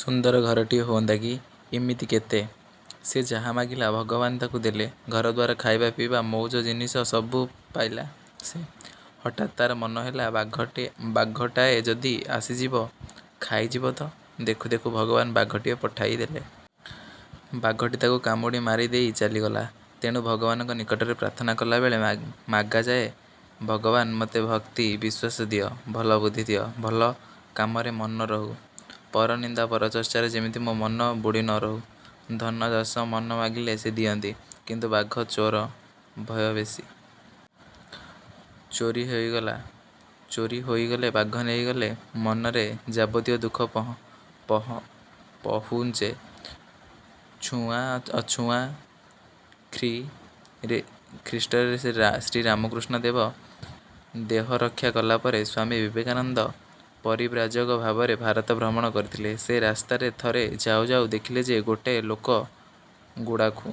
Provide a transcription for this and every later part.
ସୁନ୍ଦର ଘରଟିଏ ହୁଅନ୍ତା କି? ' ଇମିତି କେତେ? ସେ ଯାହା ମାଗିଲା, ଭଗବାନ ତାକୁ ଦେଲେ। ଘରଦ୍ୱାର, ଖାଇବା-ପିଇବା, ମଉଜ-ଜିନିଷ ସବୁ ପାଇଲା ସେ। ହଠାତ୍ ତାର ମନେ ହେଲା, 'ବାଘଟାଏ ଯଦି ଆସିଯିବ, ଖାଇ ଯିବତ। ' ଦେଖୁ ଦେଖୁ ଭଗବାନ ବାଘଟିଏ ପଠାଇ ଦେଲେ। ବାଘଟି ତାକୁ କାମୁଡ଼ି ମାରି ଦେଇ ଚାଲିଗଲା। ତେଣୁ ଭଗବାନଙ୍କ ନିକଟରେ ପ୍ରାର୍ଥନା କଲାବେଳେ ମଗାଯାଏ, ଭଗବାନ! ମୋତେ ଭକ୍ତି, ବିଶ୍ୱାସ ଦିଅ। ଭଲ ବୁଦ୍ଧି ଦିଅ, ଭଲ କାମରେ ମନ ରହୁ। ପରନିନ୍ଦା ପରଚର୍ଚ୍ଚାରେ ଯେମିତି ମୋ ମନ ବୁଡ଼ି ନ ରହୁ। ଧନ, ଯଶ, ମାନ ମାଗିଲେ ସେ ଦିଅନ୍ତି; କିନ୍ତୁ ବାଘ, ଚୋର ଭୟ ବେଶୀ-। ଚୋରି ହୋଇଗଲେ, ବାଘ ନେଇଗଲେ ମନରେ ଯାବତୀୟ ଦୁଃଖ ପହୁଞ୍ଚେ। ଛୁଆଁ ଅଛୁଆଁ ଖ୍ରୀ: ରେ ଶ୍ରୀରାମକୃଷ୍ଣ ଦେବ ଦେହରକ୍ଷା କଲାପରେ ସ୍ୱାମୀ ବିବେକାନନ୍ଦ ପରିବ୍ରାଜକ ଭାବରେ ଭାରତ ଭ୍ରମଣ କରିଥିଲେ। ସେ ରାସ୍ତାରେ ଥରେ ଯାଉଁ ଯାଉଁ ଦେଖିଲେ ଯେ ଗୋଟିଏ ଲୋକ ଗୁଡ଼ାଖୁ।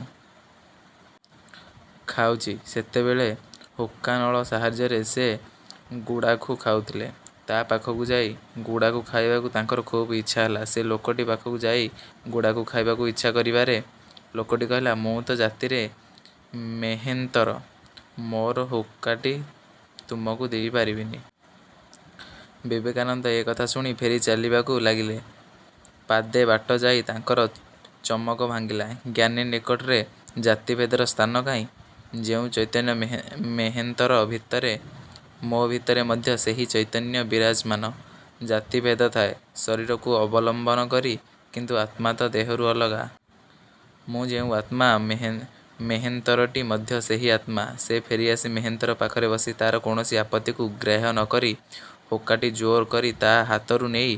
ଖାଉଛି। ସେତେବେଳେ ହୁକା ନଳ ସାହାଯ୍ୟରେ ସେ ଗୁଡ଼ାଖୁ ଖାଉଥିଲେ। ତା' ପାଖକୁ ଯାଇ ଗୁଡ଼ାଖୁ ଖାଇବାକୁ ତାଙ୍କର ଖୁବ୍ ଇଚ୍ଛା ହେଲା। ସେ ଲୋକଟି ପାଖକୁ ଯାଇ ଗୁଡ଼ାଖୁ ଖାଇବାକୁ ଇଚ୍ଛା କରିବାରେ ଲୋକଟି କହିଲା, ''ମୁଁ ତ ଜାତିରେ ମେହେନ୍ତର-। ମୋର ହୁକାଟି ତମକୁ ଦେଇ ପାରିବିନି। '' ବିବେକାନନ୍ଦ ଏ କଥା ଶୁଣି ଫେରି ଚାଲିଯିବାକୁ ଲାଗିଲେ। ପାଦେ ବାଟ ଯାଇ ତାଙ୍କର ଚମକ ଭାଙ୍ଗିଲା—''ଜ୍ଞାନୀ ନିକଟରେ ଜାତିଭେଦର ସ୍ଥାନ କାହିଁ? ଯେଉଁ ଚୈତନ୍ୟ ମେହେନ୍ତର ଭିତରେ, ମୋ ଭିତରେ ମଧ୍ୟ ସେହି ଚୈତନ୍ୟ ବିରାଜମାନ। ଜାତିଭେଦ ଥାଏ ଶରୀରକୁ ଅବଲମ୍ୱନ କରି, କିନ୍ତୁ ଆତ୍ମା ତ ଦେହରୁ ଅଲଗା। ମୁଁ ଯେଉଁ ଅତ୍ମା, ମେହେନ୍ତରଟି ମଧ୍ୟ ସେହି ଅତ୍ମା। '' ସେ ଫେରିଆସି, ମେହେନ୍ତର ପାଖରେ ବସି ତାର, କୌଣସି ଆପତ୍ତିକୁ ଗ୍ରାହ୍ୟ ନ କରି, ହୁକାଟି ଜୋର କରି ତା' ହାତରୁ ନେଇ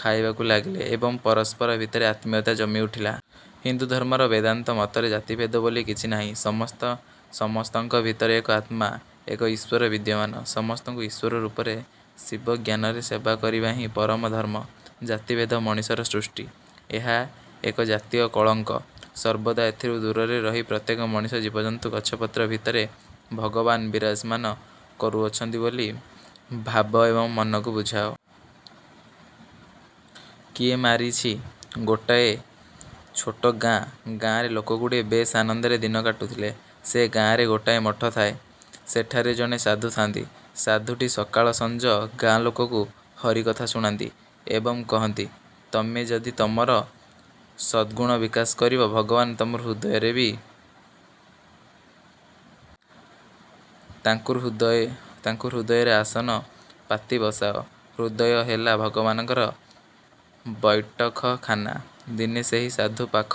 ଖାଇବାକୁ ଲାଗିଲେ ଏବଂ ପରସ୍ପର ଭିତରେ ଆତ୍ମୀୟତା ଜମି ଉଠିଲା। ହିନ୍ଦୁଧର୍ମର ବେଦାନ୍ତ ମତରେ ଜାତିଭେଦ ବୋଲି କିଛି ନାହିଁ। ସମସ୍ତଙ୍କ ଭିତରେ ଏକ ଆତ୍ମା-ଏକ ଈଶ୍ୱର ବିଦ୍ୟମାନ। ସମସ୍ତଙ୍କୁ ଈଶ୍ୱର ରୂପରେ ଶିବଜ୍ଞାନରେ ସେବା କରିବାହିଁ ପରମ ଧର୍ମ। ଜାତିଭେଦ ମଣିଷର ସୃଷ୍ଟି। ଏହା ଏକଜାତୀୟ କଳଙ୍କ। ସର୍ବଦା ଏଥିରୁ ଦୂରରେ ରହି ପ୍ରତ୍ୟେକ ମଣିଷ, ଜୀବଜନ୍ତୁ, ଗଛପତ୍ର ଭିତରେ ଭଗବାନ ବିରାଜମାନ କରୁଅଛନ୍ତି ବୋଲି ଭାବ ଏବଂ ମନକୁ ବୁଝାଅ। କିଏ ମାରିଛି? ଗୋଟିଏ ଛୋଟ ଗାଁ। ଗାଁରେ ଲୋକଗୁଡ଼ିକ ବେଶ୍ ଆନନ୍ଦରେ ଦିନ କଟାଉଥିଲେ। ସେ ଗାଁରେ ଗୋଟିଏ ମଠ ଥାଏ। ସେଠାରେ ଜଣେ ସାଧୁ ଥା'ନ୍ତି। ସାଧୁଟି ସକାଳ ସଞ୍ଜ ଗାଁ ଲୋକଙ୍କୁ ହରିକଥା ଶୁଣାନ୍ତି ଏବଂ କହନ୍ତି, ''ତମେ ଯଦି ତମର ସଦ୍ଗୁଣ ବିକାଶ କରିବ, ଭଗବାନ ତମ ହୃଦୟରେ ବିରାଜମାନ କରିବେ। ତାଙ୍କୁ ହୃଦୟରେ ଆସନ ପାତି ବସାଅ। ହୃଦୟ ହେଲା ଭଗବାନଙ୍କର ବୈଠକଖାନା। '' ଦିନେ ସେହି ସାଧୁ ପାଖ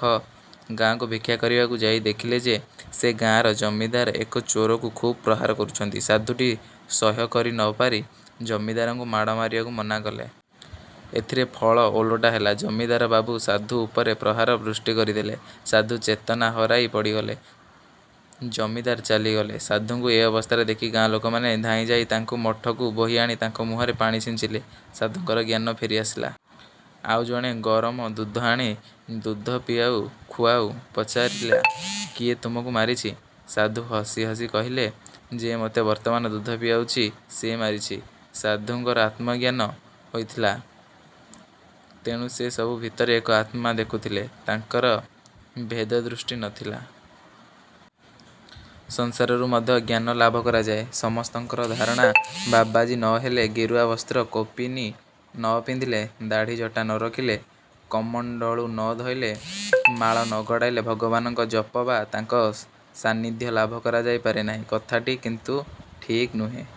ଗାଁକୁ ଭିକ୍ଷା କରିବାକୁ ଯାଇ ଦେଖିଲେ ଯେ ସେ ଗାଁର ଜମିଦାର ଏକ ଚୋରକୁ ଖୁବ୍ ପ୍ରହାର କରୁଛନ୍ତି। ସାଧୁଟି ସହ୍ୟ କରି ନ ପାରି ଜମିଦାରଙ୍କୁ ମାଡ଼ ମାରିବାକୁ ମନା କଲେ। ଏଥିରେ ଫଳ ଓଲଟା ହେଲା। ଜମିଦାରବାବୁ ସାଧୁ ଉପରେ ପ୍ରହାର ବୃଷ୍ଟି କରିଦେଲେ। ସାଧୁ ଚେତନା ହରାଇ ପଡ଼ିଗଲେ। ଜମିଦାର ଚାଲିଗଲେ। ସାଧୁଙ୍କୁ ଏ ଅବସ୍ଥାରେ ଦେଖି ଗାଁ ଲୋକମାନେ ଧାଇଁ ଯାଇ ତାଙ୍କୁ ମଠକୁ ବୋହିଆଣି ତାଙ୍କ ମୁହଁରେ ପାଣି ଛିଞ୍ଚିଲେ। ସାଧୁଙ୍କର ଜ୍ଞାନ ଫେରି ଆସିଲା। ଆଉ ଜଣେ ଗରମ ଦୁଧ ଆଣି ଦୁଧ ପିଆଉ ଖୁଆଉ ପଚାରିଲା—''କିଏ ତମକୁ ମାରିଛି? '' ସାଧୁ ହସି ହସି କହିଲେ— ''ଯେ ମୋତେ ବର୍ତ୍ତମାନ ଦୁଧ ପିଆଉଛି, ସେ ମାରିଛି। '' ସାଧୁଙ୍କର ଆତ୍ମାଜ୍ଞାନ ହୋଇଥିଲା; ତେଣୁ ସେ ସବୁ ଭିତରେ ଏକ ଆତ୍ମା ଦେଖୁଥିଲେ–ତାଙ୍କର ଭେଦଦୃଷ୍ଟି ନ ଥିଲା। ସଂସାରରୁ ମଧ୍ୟ ଜ୍ଞାନ ଲାଭ କରାଯାଏ– ସମସ୍ତଙ୍କର ଧାରଣା ବାବାଜୀ ନ ହେଲେ, ଗେରୁଆ ବସ୍ତ୍ର କୌପୁନୀ ନ ପିନ୍ଧିଲେ, ଦାଢ଼ି-ଜଟା ନ ରଖିଲେ, କମଣ୍ତଳୁ ନ ଧଇଲେ, ମାଳା ନ ଗଡ଼ାଇଲେ ଭଗବାନଙ୍କ ଜପ ବା ତାଙ୍କ ସାନ୍ନିଧ୍ୟ ଲାଭ କରାଯାଇ ପାରେ ନାହିଁ। କଥାଟି କିନ୍ତୁ ଠିକ୍ ନୁହେଁ।